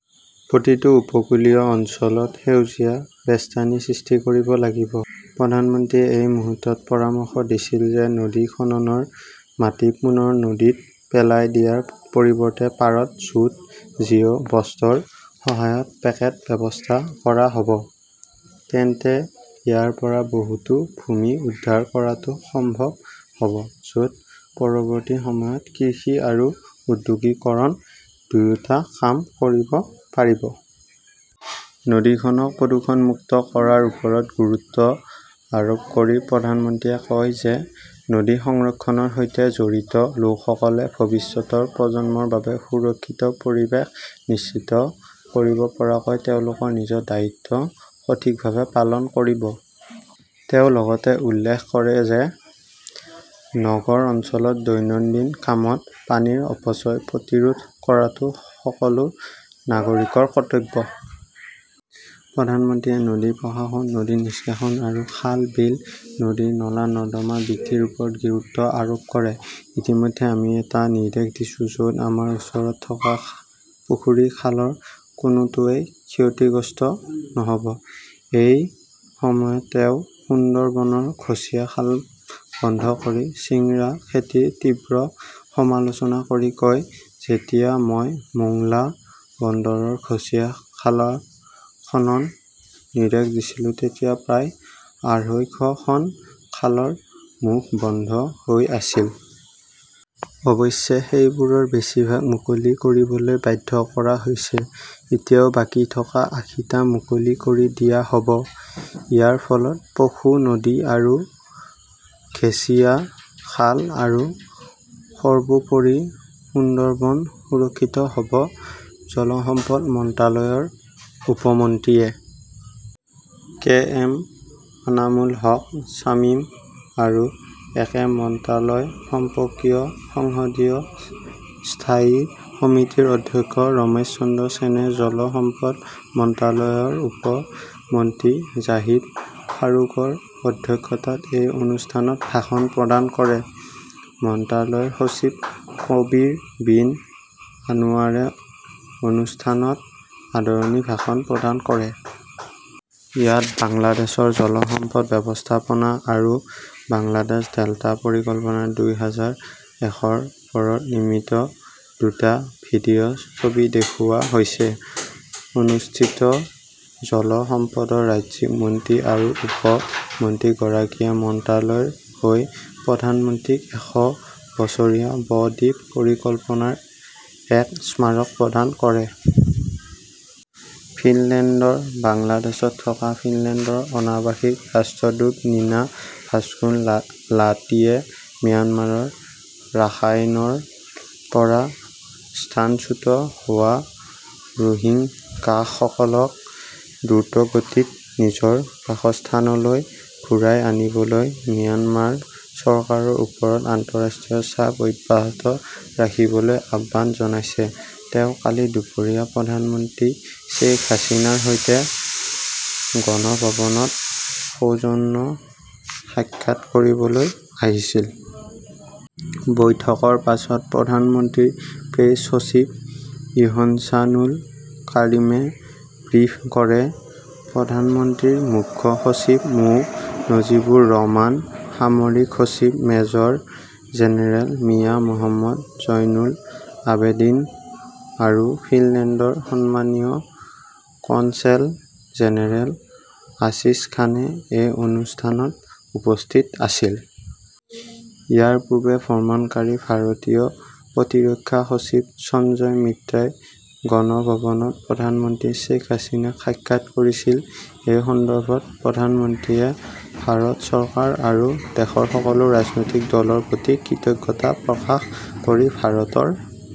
প্ৰতিটো উপকূলীয় অঞ্চলত সেউজীয়া বেষ্টনী সৃষ্টি কৰিব লাগিব। প্ৰধানমন্ত্ৰীয়ে এই মুহূৰ্তত পৰামৰ্শ দিছিল যে নদীৰ খননৰ মাটি পুনৰ নদীত পেলাই দিয়াৰ পৰিৱৰ্তে পাৰত জুট জিঅ' বস্ত্ৰৰ সহায়ত পকেট ব্যৱস্থা স্থাপন কৰা হব। তেন্তে ইয়াৰ পৰা বহুতো ভূমি উদ্ধাৰ কৰাটো সম্ভৱ হব য'ত পৰৱৰ্তী সময়ত কৃষি আৰু ঔদ্যোগিকৰণ দুয়োটা কাম কৰিব পাৰিব। নদীখনক প্ৰদূষণমুক্ত কৰাৰ ওপৰত গুৰুত্ব আৰোপ কৰি প্ৰধানমন্ত্ৰীয়ে কয় যে নদী সংৰক্ষণৰ সৈতে জড়িত লোকসকলে ভৱিষ্যতৰ প্ৰজন্মৰ বাবে সুৰক্ষিত পৰিৱেশ নিশ্চিত কৰিব পৰাকৈ তেওঁলোকৰ নিজৰ দায়িত্ব সঠিকভাৱে পালন কৰিব। তেওঁ লগতে উল্লেখ কৰে যে নগৰ অঞ্চলত দৈনন্দিন কামত পানীৰ অপচয় প্ৰতিৰোধ কৰাটো সকলো নাগৰিকৰ কৰ্তব্য। প্ৰধানমন্ত্ৰীয়ে নদী প্ৰশাসন, নদী নিষ্কাশন আৰু খাল, বিল, নদীৰ নলা-নৰ্দমা বৃদ্ধিৰ ওপৰত গুৰুত্ব আৰোপ কৰে। ইতিমধ্যেই আমি এটা নিৰ্দেশ দিছো, য'ত আমাৰ ওচৰত থকা পুখুৰী-খালৰ কোনোটোৱেই ক্ষতিগ্ৰস্ত নহব। এই সময়ত তেওঁ সুন্দৰবনৰ ঘছিয়া খাল বন্ধ কৰি চিংৰা খেতিৰ তীব্ৰ সমালোচনা কৰি কয়, যেতিয়া মই মোংলা বন্দৰৰ ঘছিয়া খাল খননৰ নিৰ্দেশ দিছিলো তেতিয়া প্ৰায় আঢ়ৈশখন খালৰ মুখ বন্ধ হৈ আছিল। অৱশ্যে সেইবোৰৰ বেছিভাগ মুকলি কৰিবলৈ বাধ্য কৰা হৈছে। এতিয়াও বাকী থকা আশী টা মুকলি কৰি দিয়া হ'ব। ইয়াৰ ফলত পশু নদী আৰু ঘেশিয়া খাল আৰু সৰ্বোপৰি সুন্দৰবন সুৰক্ষিত হব। জল সম্পদ মন্ত্ৰালয়ৰ উপ মন্ত্ৰী A.--- K. M. Enamul Haque Shamim আৰু একে মন্ত্ৰালয় সম্পৰ্কীয় সংসদীয় স্থায়ী সমিতিৰ অধ্যক্ষ ৰমেশ চন্দ্ৰ সেনে জল সম্পদ মন্ত্ৰালয়ৰ উপ মন্ত্ৰী জাহিদ ফাৰুকৰ অধ্যক্ষতাত এই অনুষ্ঠানত ভাষণ প্ৰদান কৰে। মন্ত্ৰালয়ৰ সচিব কবীৰ বিন আনৱাৰে অনুষ্ঠানত আদৰণি ভাষণ প্ৰদান কৰে। ইয়াত বাংলাদেশৰ জল সম্পদ ব্যৱস্থাপনা আৰু বাংলাদেশ ডেল্টা পৰিকল্পনা দুই হাজাৰ এশৰ ওপৰত নিৰ্মিত দুটা ভিডিঅ ছবি দেখুওৱা হৈছে। অনুষ্ঠিত জল সম্পদৰ ৰাজ্যিক মন্ত্ৰী আৰু উপ মন্ত্ৰীগৰাকীয়ে মন্ত্ৰালয়ৰ হৈ প্ৰধানমন্ত্ৰীক এশ বছৰীয়া ব-দ্বীপ পৰিকল্পনাৰ এক স্মাৰক প্ৰদান কৰে। ফিনলেণ্ডৰ বাংলাদেশত থকা ফিনলেণ্ডৰ অনাবাসিক ৰাষ্ট্ৰদূত নিনা ভাস্কুনলাতীয়ে ম্যানমাৰৰ ৰাখাইনৰ পৰা স্থানচ্যুত হোৱা ৰোহিংগাসকলক দ্ৰুতগতিত নিজৰ বাসস্থানলৈ ঘূৰাই আনিবলৈ ম্যানমাৰ চৰকাৰৰ ওপৰত আন্তঃৰাষ্ট্ৰীয় চাপ অব্যাহত ৰাখিবলৈ আহ্বান জনাইছে। তেওঁ কালি দুপৰীয়া প্ৰধানমন্ত্ৰী শ্বেইখ হাছিনাৰ সৈতে গণভৱনত সৌজন্যে সাক্ষাৎ কৰিবলৈ আহিছিল। বৈঠকৰ পিছত প্ৰধানমন্ত্ৰীৰ প্ৰেছ সচিব ইহছানুল কাৰিমে ব্ৰিফ কৰে। প্ৰধানমন্ত্ৰীৰ মুখ্য সচিব মো. নজিবুৰ ৰহমান, সামৰিক সচিব মেজৰ জেনেৰেল মিয়া মহম্মদ জয়নুল আবেদিন আৰু ফিনলেণ্ডৰ সন্মানীয় কনছেল জেনেৰেল আচিচ খানে এই অনুষ্ঠানত উপস্থিত আছিল। ইয়াৰ পূৰ্বে ভ্ৰমণকাৰী ভাৰতীয় প্ৰতিৰক্ষা সচিব সঞ্জয় মিত্ৰাই গণভৱনত প্ৰধানমন্ত্ৰী শ্বেখ হাছিনাক সাক্ষাৎ কৰিছিল। এই সন্দৰ্ভত প্ৰধানমন্ত্ৰীয়ে ভাৰত চৰকাৰ আৰু দেশৰ সকলো ৰাজনৈতিক দলৰ প্ৰতি কৃতজ্ঞতা প্ৰকাশ কৰি ভাৰতৰ---